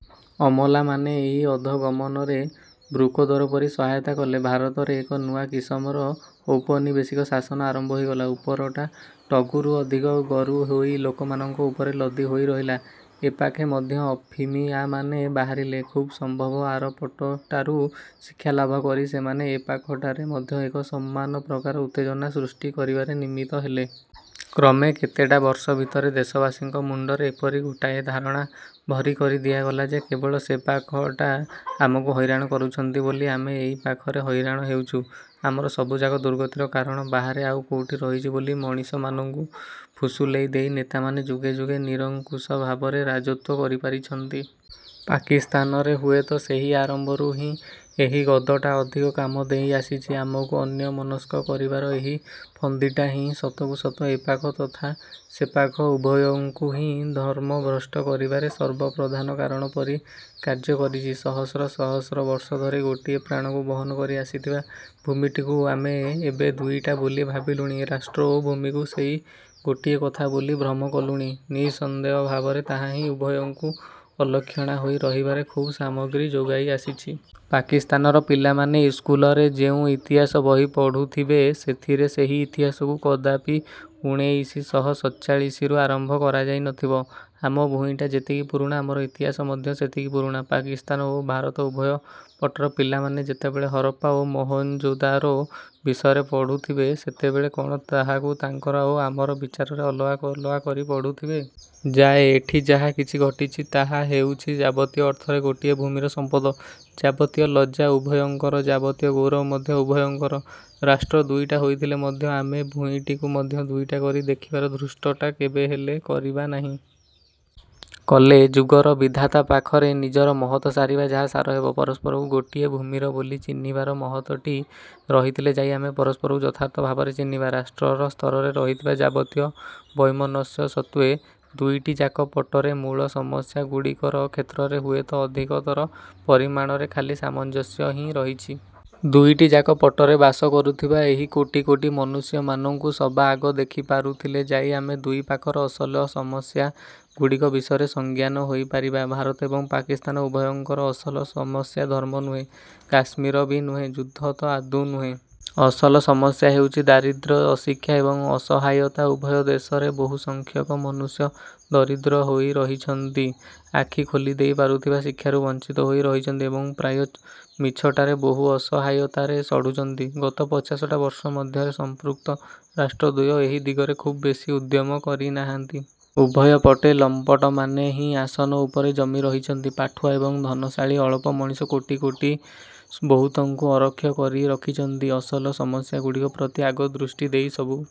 ଅମଲାମାନେ ଏହି ଅଧୋଗମନରେ ବୃକୋଦର ପରି ସହାୟତା କଲେ। ଭାରତରେ ଏକ ନୂଆ କିସମର ଔପନିବେଶିକ ଶାସନ ଆରମ୍ଭ ହୋଇଗଲା। ଉପରଟା ଗରୁରୁ ଅଧିକ ଗରୁ ହୋଇ ଲୋକମାନଙ୍କ ଉପରେ ଲଦି ହୋଇ ରହିଲା। ଏପାଖେ ମଧ୍ୟ ଅଫିମିଆମାନେ ବାହାରିଲେ। ଖୁବ୍ ସମ୍ଭବ ଆରପଟଟାରୁ ଶିକ୍ଷାଲାଭ କରି ସେମାନେ ଏ ପାଖଟାରେ ମଧ୍ୟ ଏକ ସମାନ ପ୍ରକାରର ଉତ୍ତେଜନା ସୃଷ୍ଟି କରିବାରେ ନିମିତ୍ତ ହେଲେ। କ୍ରମେ କେତେଟା ବର୍ଷ ଭିତରେ ଦେଶବାସୀଙ୍କ ମୁଣ୍ଡରେ ଏପରି ଗୋଟାଏ ଧାରଣା ଭରି କରି ଦିଆଗଲା ଯେ କେବଳ ସେପାଖଟା ଆମକୁ ହଇରାଣ କରୁଛନ୍ତି ବୋଲି ଆମେ ଏପାଖରେ ହଇରାଣ ହେଉଛୁ। ଆମର ସବୁଯାକ ଦୁର୍ଗତିର କାରଣ ବାହାରେ ଆଉ କୋଉଠି ରହିଛି ବୋଲି ମଣିଷମାନଙ୍କୁ ଫୁସୁଲେଇ ଦେଇ ନେତାମାନେ ଯୁଗେ ଯୁଗେ ନିରଙ୍କୁଶ ଭାବରେ ରାଜତ୍ୱ କରିପାରିଛନ୍ତି। ପାକିସ୍ତାନରେ ହୁଏତ ସେହି ଆରମ୍ଭରୁ ହିଁ ଏହି ଗଦଟା ଅଧିକ କାମ ଦେଇଆସିଛି। ଆମକୁ ଅନ୍ୟମନସ୍କ କରିବାର ଏହି ଫନ୍ଦିଟା ହିଁ ସତକୁ ସତ ଏପାଖ ତଥା ସେପାଖ ଉଭୟଙ୍କୁ ହିଁ ଧର୍ମଭ୍ରଷ୍ଟ କରିବାରେ ସର୍ବପ୍ରଧାନ କାରଣ ପରି କାର୍ଯ୍ୟ କରିଛି। ସହସ୍ର ସହସ୍ର ବର୍ଷ ଧରି ଗୋଟିଏ ପ୍ରାଣକୁ ବହନ କରି ଆସିଥିବା ଭୂମିଟିକୁ ଆମେ ଏବେ ଦୁଇଟା ବୋଲି ଭାବିଲୁଣି, ରାଷ୍ଟ୍ର ଓ ଭୂମିକୁ ସେଇ ଗୋଟିଏ କଥା ବୋଲି ଭ୍ରମ କଲୁଣି, ନିଃସନ୍ଦେହ ଭାବରେ ତାହାହିଁ ଉଭୟଙ୍କୁ ଅଲକ୍ଷଣା ହୋଇ ରହିବାରେ ଖୁବ୍ ସାମଗ୍ରୀ ଯୋଗାଇ ଆସିଛି। ପାକିସ୍ତାନର ପିଲାମାନେ ଇସ୍କୁଲରେ ଯେଉଁ ଇତିହାସ ବହି ପଢୁଥିବେ, ସେଥିରେ ସେହି ଇତିହାସକୁ କଦାପି ଉଣେଇଶି ଶହ ସତଚାଳିଶି ରୁ ଆରମ୍ଭ କରାଯାଇ ନଥିବ। ଆମ ଭୂଇଁଟା ଯେତିକି ପୁରୁଣା, ଆମର ଇତିହାସ ମଧ୍ୟ ସେତିକି ପୁରୁଣା। ପାକିସ୍ତାନ ଓ ଭାରତ ଉଭୟ ପଟର ପିଲାମାନେ ଯେତେବେଳେ ହରପ୍ପା ଓ ମହେଞ୍ଜୋଦାରୋ ବିଷୟରେ ପଢୁଥିବେ, ସେତେବେଳେ କଣ ତାହାକୁ ତାଙ୍କର ଓ ଆମର ବିଚାରରେ ଅଲଗା ଅଲଗା କରି ପଢୁଥିବେ? ଯାଏ ଏଠି ଯାହା କିଛି ଘଟିଛି ତାହା ହେଉଛି ଯାବତୀୟ ଅର୍ଥରେ ଗୋଟିଏ ଭୂମିର ସମ୍ପଦ। ଯାବତୀୟ ଲଜ୍ଜା ଉଭୟଙ୍କର, ଯାବତୀୟ ଗୌରବ ମଧ୍ୟ ଉଭୟଙ୍କର। ରାଷ୍ଟ୍ର ଦୁଇଟା ହୋଇଥିଲେ ମଧ୍ୟ ଆମେ ଭୂଇଁଟିକୁ ମଧ୍ୟ ଦୁଇଟା କରି ଦେଖିବାର ଧୃଷ୍ଟତା କେବେହେଲେ କରିବା ନାହିଁ। କଲେ ଯୁଗର ବିଧାତା ପାଖରେ ନିଜର ମହତ ସାରିବା ଯାହା ସାର ହେବ। ପରସ୍ପରକୁ ଗୋଟିଏ ଭୂମିର ବୋଲି ଚିହ୍ନିବାର ମହତଟି ରହିଥିଲେ ଯାଇ ଆମେ ପରସ୍ପରକୁ ଯଥାର୍ଥ ଭାବରେ ଚିହ୍ନିବା। ରାଷ୍ଟ୍ରର ସ୍ତରରେ ରହିଥିବା ଯାବତୀୟ ବୈମନସ୍ୟ ସତ୍ତ୍ୱେ ଦୁଇଟିଯାକ ପଟରେ ମୂଳ ସମସ୍ୟା ଗୁଡ଼ିକର କ୍ଷେତ୍ରରେ ହୁଏତ ଅଧିକତର ପରିମାଣରେ ଖାଲି ସାମଞ୍ଜସ୍ୟ ହିଁ ରହିଛି। ଦୁଇଟିଯାକ ପଟରେ ବାସ କରୁଥିବା ଏହି କୋଟି କୋଟି ମନୁଷ୍ୟମାନଙ୍କୁ ସବାଆଗ ଦେଖି ପାରୁଥିଲେ ଯାଇ ଅମେ ଦୁଇ ପାଖର ଅସଲ ସମସ୍ୟା ଗୁଡ଼ିକ ବିଷୟରେ ସଜ୍ଞାନ ହୋଇପାରିବା। ଭାରତ ଏବଂ ପାକିସ୍ତାନ ଉଭୟଙ୍କର ଅସଲ ସମସ୍ୟା ଧର୍ମ ନୁହେଁ, କାଶ୍ମୀର ବି ନୁହେଁ, ଯୁଦ୍ଧ ତ ଆଦୌ ନୁହେଁ। ଅସଲ ସମସ୍ୟା ହେଉଛି ଦାରିଦ୍ର୍ୟ, ଅଶିକ୍ଷା ଏବଂ ଅସହାୟତା। ଉଭୟ ଦେଶରେ ବହୁସଂଖ୍ୟକ ମନୁଷ୍ୟ ଦରିଦ୍ର ହୋଇ ରହିଛନ୍ତି। ଆଖି ଖୋଲିଦେଇ ପାରୁଥିବା ଶିକ୍ଷାରୁ ବଂଚିତ ହୋଇ ରହିଛନ୍ତି ଏବଂ ପ୍ରାୟ ମିଛଟାରେ ବହୁ ଅସହାୟତାରେ ସଢୁଛନ୍ତି। ଗତ ପଚାଶଟା ବର୍ଷ ମଧ୍ୟରେ ସଂପୃକ୍ତ ରାଷ୍ଟ୍ରଦ୍ୱୟ ଏହି ଦିଗରେ ଖୁବ ବେଶୀ ଉଦ୍ୟମ କରିନାହାନ୍ତି। ଉଭୟପଟେ ଲମ୍ପଟମାନେ ହିଁ ଆସନ ଉପରେ ଜମି ରହିଛନ୍ତି। ପାଠୁଆ ଏବଂ ଧନଶାଳୀ ଅଳପ ମଣିଷ କୋଟି କୋଟି ବହୁତଙ୍କୁ ଅରକ୍ଷ କରି ରଖିଛନ୍ତି। ଅସଲ ସମସ୍ୟାଗୁଡ଼ିକ ପ୍ରତି ଆଗ ଦୃଷ୍ଟି ଦେଇ ସବୁ